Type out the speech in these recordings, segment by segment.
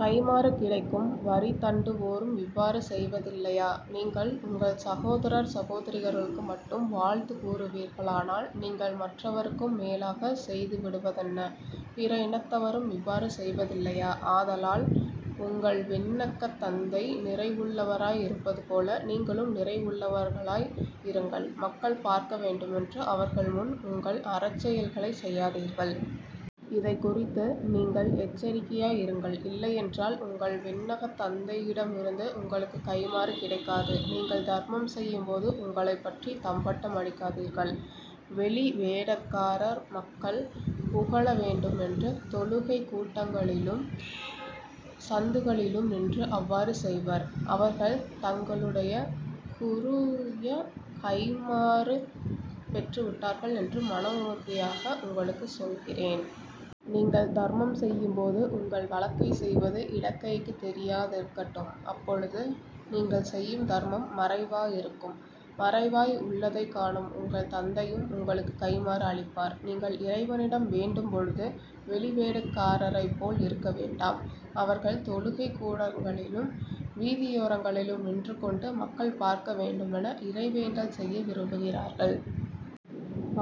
கைம்மாறு கிடைக்கும்? வரி தண்டுவோரும் இவ்வாறு செய்வதில்லையா? நீங்கள் உங்கள் சகோதரர் சகோதரிகளுக்கு மட்டும் வாழ்த்துக் கூறுவீர்களானால் நீங்கள் மற்றவருக்கும் மேலாகச் செய்துவிடுவதென்ன? பிற இனத்தவரும் இவ்வாறு செய்வதில்லையா? ஆதலால் உங்கள் விண்ணகத் தந்தை நிறைவுள்ளவராய் இருப்பது போல நீங்களும் நிறைவுள்ளவர்களாய் இருங்கள். மக்கள் பார்க்க வேண்டுமென்று அவர்கள்முன் உங்கள் அறச் செயல்களைச் செய்யாதீர்கள். இதைக் குறித்து நீங்கள் எச்சரிக்கையாய் இருங்கள். இல்லையென்றால் உங்கள் விண்ணகத் தந்தையிடமிருந்து உங்களுக்குக் கைம்மாறு கிடைக்காது. நீங்கள் தர்மம் செய்யும்போது உங்களைப்பற்றித் தம்பட்டம் அடிக்காதீர்கள். வெளிவேடக்காரர் மக்கள் புகழ வேண்டுமென்று தொழுகைக் கூட்டங்களிலும் சந்துகளிலும் நின்று அவ்வாறு செய்வர். அவர்கள் தங்களுடைய குருய கைம்மாறு பெற்றுவிட்டார்கள் என்று மன உறுதியாக உங்களுக்குச் சொல்கிறேன். நீங்கள் தர்மம் செய்யும்போது உங்கள் வலக்கை செய்வது இடக்கைக்குத் தெரியாதிருக்கட்டும். அப்பொழுது நீங்கள் செய்யும் தர்மம் மறைவாயிருக்கும் மறைவாய் உள்ளதைக் காணும் உங்கள் தந்தையும் உங்களுக்குக் கைம்மாறு அளிப்பார். நீங்கள் இறைவனிடம் வேண்டும்பொழுது வெளிவேடக்காரரைப்போல் இருக்க வேண்டாம். அவர்கள் தொழுகைக்கூடங்களிலும் வீதியோரங்களிலும் நின்றுகொண்டு மக்கள் பார்க்க வேண்டுமென இறைவேண்டல் செய்ய விரும்புகிறார்கள்.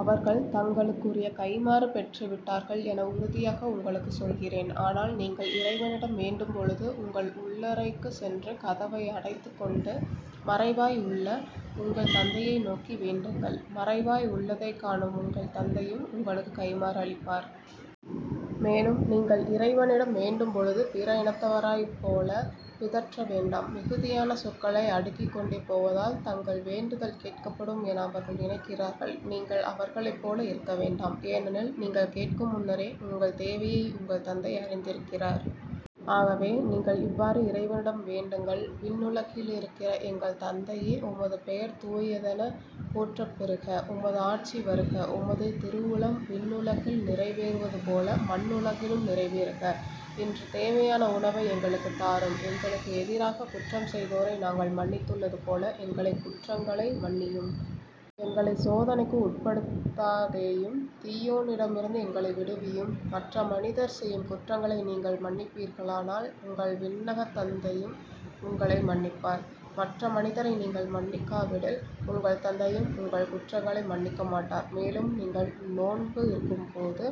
அவர்கள் தங்களுக்குரிய கைம்மாறு பெற்று விட்டார்கள் என உறுதியாக உங்களுக்குச் சொல்கிறேன். ஆனால் நீங்கள் இறைவனிடம் வேண்டும்பொழுது உங்கள் உள்ளறைக்குச் சென்று, கதவை அடைத்துக் கொண்டு, மறைவாய் உள்ள உங்கள் தந்தையை நோக்கி வேண்டுங்கள். மறைவாய் உள்ளதைக் காணும் உங்கள் தந்தையும் உங்களுக்குக் கைம்மாறு அளிப்பார். மேலும் நீங்கள் இறைவனிடம் வேண்டும்பொழுது பிற இனத்தவரைப் போலப் பிதற்ற வேண்டாம் மிகுதியான சொற்களை அடுக்கிக் கொண்டே போவதால் தங்கள் வேண்டுதல் கேட்கப்படும் என அவர்கள் நினைக்கிறார்கள். நீங்கள் அவர்களைப் போல் இருக்க வேண்டாம். ஏனெனில் நீங்கள் கேட்கும் முன்னரே உங்கள் தேவையை உங்கள் தந்தை அறிந்திருக்கிறார். ஆகவே, நீங்கள் இவ்வாறு இறைவனிடம் வேண்டுங்கள் விண்ணுலகிலிருக்கிற எங்கள் தந்தையே உமது பெயர் தூயதெனப் போற்றப்பெறுக. உமது ஆட்சி வருக. உமது திருவுளம் விண்ணுலகில் நிறைவேறுவதுபோல மண்ணுலகிலும் நிறைவேறுக. இன்று தேவையான உணவை எங்களுக்குத் தாரும். எங்களுக்கு எதிராகக் குற்றம் செய்தோரை நாங்கள் மன்னித்துள்ளதுபோல எங்களை குற்றங்களை மன்னியும். எங்களைச் சோதனைக்கு உட்படுத்தாதேயும் தீயோனிடமிருந்து எங்களை விடுவியும். மற்ற மனிதர் செய்யும் குற்றங்களை நீங்கள் மன்னிப்பீர்களானால் உங்கள் விண்ணகத் தந்தையும் உங்களை மன்னிப்பார். மற்ற மனிதரை நீங்கள் மன்னிக்காவிடில் உங்கள் தந்தையும் உங்கள் குற்றங்களை மன்னிக்க மாட்டார். மேலும் நீங்கள் நோன்பு இருக்கும்போது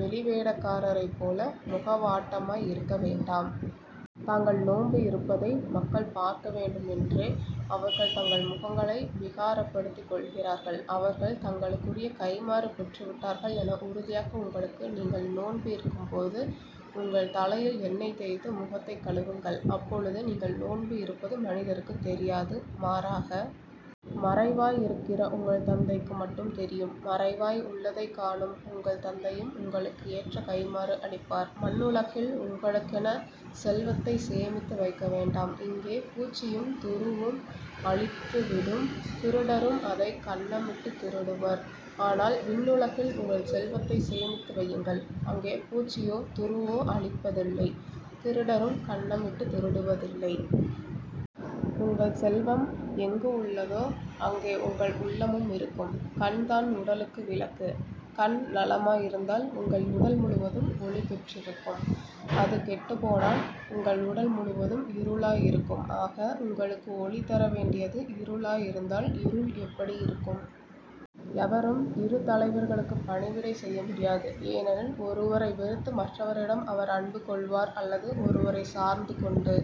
வெளிவேடக்காரரைப் போல முகவாட்டமாய் இருக்க வேண்டாம். தாங்கள் நோன்பு இருப்பதை மக்கள் பார்க்கவேண்டுமென்றே அவர்கள் தங்கள் முகங்களை விகாரப்படுத்திக் கொள்கிறார்கள். அவர்கள் தங்களுக்குரிய கைம்மாறு பெற்றுவிட்டார்கள் என உறுதியாக உங்களுக்குச் நீங்கள் நோன்பு இருக்கும்போது உங்கள் தலையில் எண்ணெய் தேய்த்து முகத்தைக் கழுவுங்கள். அப்பொழுது நீங்கள் நோன்பு இருப்பது மனிதருக்குத் தெரியாது மாறாக. மறைவாய் இருக்கிற உங்கள் தந்தைக்கு மட்டும் தெரியும். மறைவாய் உள்ளதைக் காணும் உங்கள் தந்தையும் உங்களுக்கு ஏற்ற கைம்மாறு அளிப்பார். மண்ணுலகில் உங்களுக்கெனச் செல்வத்தைச் சேமித்து வைக்க வேண்டாம். இங்கே பூச்சியும் துருவும் அழித்துவிடும் திருடரும் அதைக் கன்னமிட்டுத் திருடுவர். ஆனால் விண்ணுலகில் உங்கள் செல்வத்தைச் சேமித்து வையுங்கள் அங்கே பூச்சியோ துருவோ அழிப்பதில்லை திருடரும் கன்னமிட்டுத் திருடுவதில்லை. உங்கள் செல்வம் எங்கு உள்ளதோ அங்கே உங்கள் உள்ளமும் இருக்கும். கண்தான் உடலுக்கு விளக்கு. கண் நலமாயிருந்தால் உங்கள் உடல் முழுவதும் ஒளி பெற்றிருக்கும். அது கெட்டுப் போனால் உங்கள் உடல் முழுவதும் இருளாய் இருக்கும். ஆக. உங்களுக்கு ஒளி தரவேண்டியது இருளாயிருந்தால் இருள் எப்படியிருக்கும். எவரும் இரு தலைவர்களுக்குப் பணிவிடை செய்ய முடியாது. ஏனெனில், ஒருவரை வெறுத்து மற்றவரிடம் அவர் அன்பு கொள்வார் அல்லது ஒருவரைச் சார்ந்து கொண்டு